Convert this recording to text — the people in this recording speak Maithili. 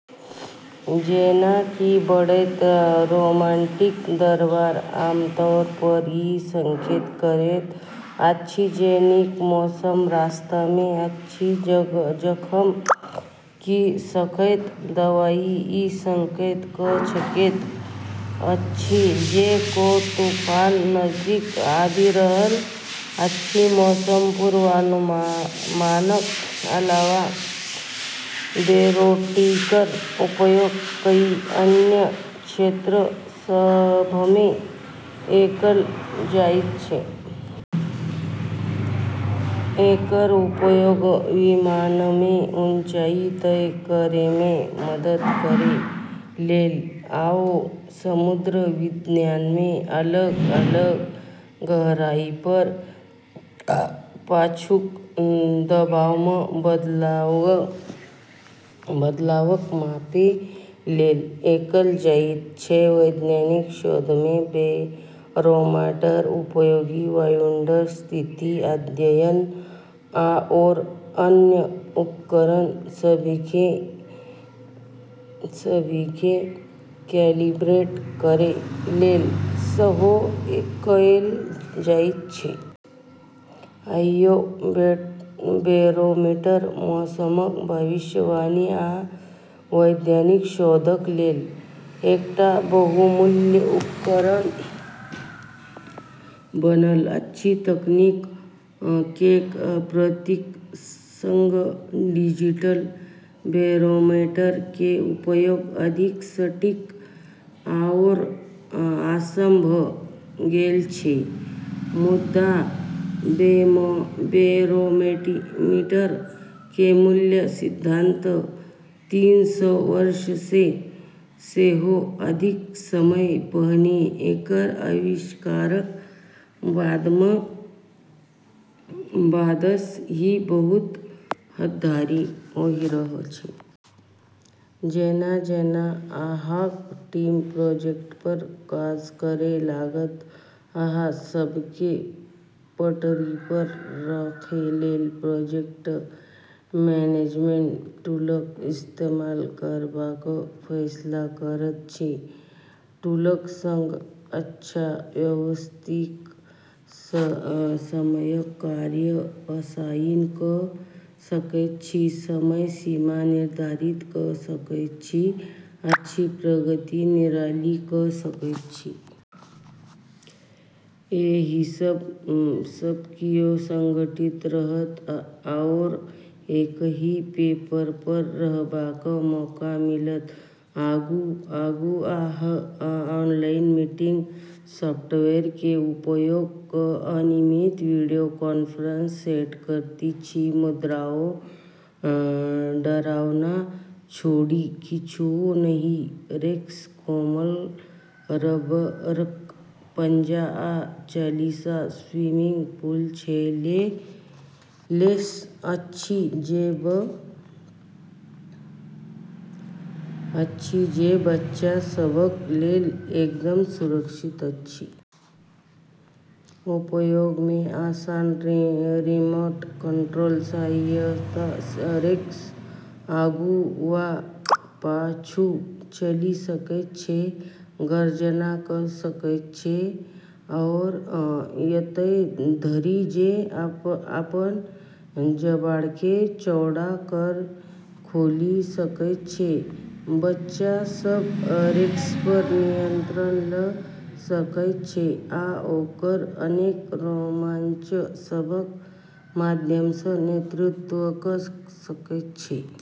जेना कि बढ़ैत बैरोमीटरिक दबाव आमतौरपर ई संकेत करैत अछि जे नीक मौसम रास्तामे अछि, जखन कि खसैत दबाव ई संकेत कऽ सकैत अछि जे कोनो तूफान नजदीक आबि रहल अछि। मौसम पूर्वानुमानक अलावा बैरोमीटरक उपयोग कई अन्य क्षेत्र सभमे कएल जाइत छै। एकर उपयोग विमाननमे ऊँचाई तय करैमे मदद करै लेल आओर समुद्र विज्ञानमे अलग-अलग गहराईपर पाछूक दबावमे बदलावक मापै लेल कएल जाइत छै। वैज्ञानिक शोधमे बैरोमीटरक उपयोग वायुमंडलीय स्थितिक अध्ययन आओर अन्य उपकरण सभकेँ कैलिब्रेट करै लेल सेहो कएल जाइत छै। आइयो बैरोमीटर मौसमक भविष्यवाणी आ वैज्ञानिक शोधक लेल एकटा बहुमूल्य उपकरण बनल अछि। तकनीक केर प्रगति संग डिजिटल बैरोमीटर केर उपयोग अधिक सटीक आओर आसान भऽ गेल छै। मुदा बैरोमीटर केर मूल सिद्धांत तीन सौ वर्षसँ सेहो अधिक समय पहिने एकर आविष्कारक बादसँ ही बहुत हद धरि ओही रहल छै। जेना-जेना अहाँक टीम प्रोजेक्टपर काज करै लागत, अहाँ सभकेँ पटरीपर राखै लेल प्रोजेक्ट मैनेजमेंट टूलक इस्तेमाल करबाक फैसला करैत छी। टूलक संग, अहाँ वास्तविक समयमे कार्य असाइन कऽ सकैत छी, समय सीमा निर्धारित कऽ सकैत छी आ प्रगतिक निगरानी कऽ सकैत छी। एहिसँ सब कियो संगठित रहत आओर एकही पेजपर रहबाक मौका मिलत। आगू, अहाँ ऑनलाइन मीटिंग सॉफ्टवेयर केर उपयोग कऽ नियमित वीडियो कॉन्फ्रेंस सेट करैत छी। मुदा, ओ डरावना छोड़ि किछुओ नहि, रेक्स कोमल, रबरक पंजा आ लचीला, स्विशिंग पूँछसँ लैस अछि जे बच्चा सभक लेल एकदम सुरक्षित अछि। उपयोगमे आसान रिमोट कंट्रोलक सहायतासँ रेक्स आगू वा पाछू चलि सकैत छै, गर्जना कऽ सकैत छै, आओर एतय धरि जे अपन जबड़ाकेँ चौड़ा कऽ कऽ खोलि सकैत छै। बच्चा सभ रेक्सपर नियंत्रण लऽ सकैत छै आ ओकरा अनेक रोमांच सभक माध्यमसँ नेतृत्व कऽ सकैत छै।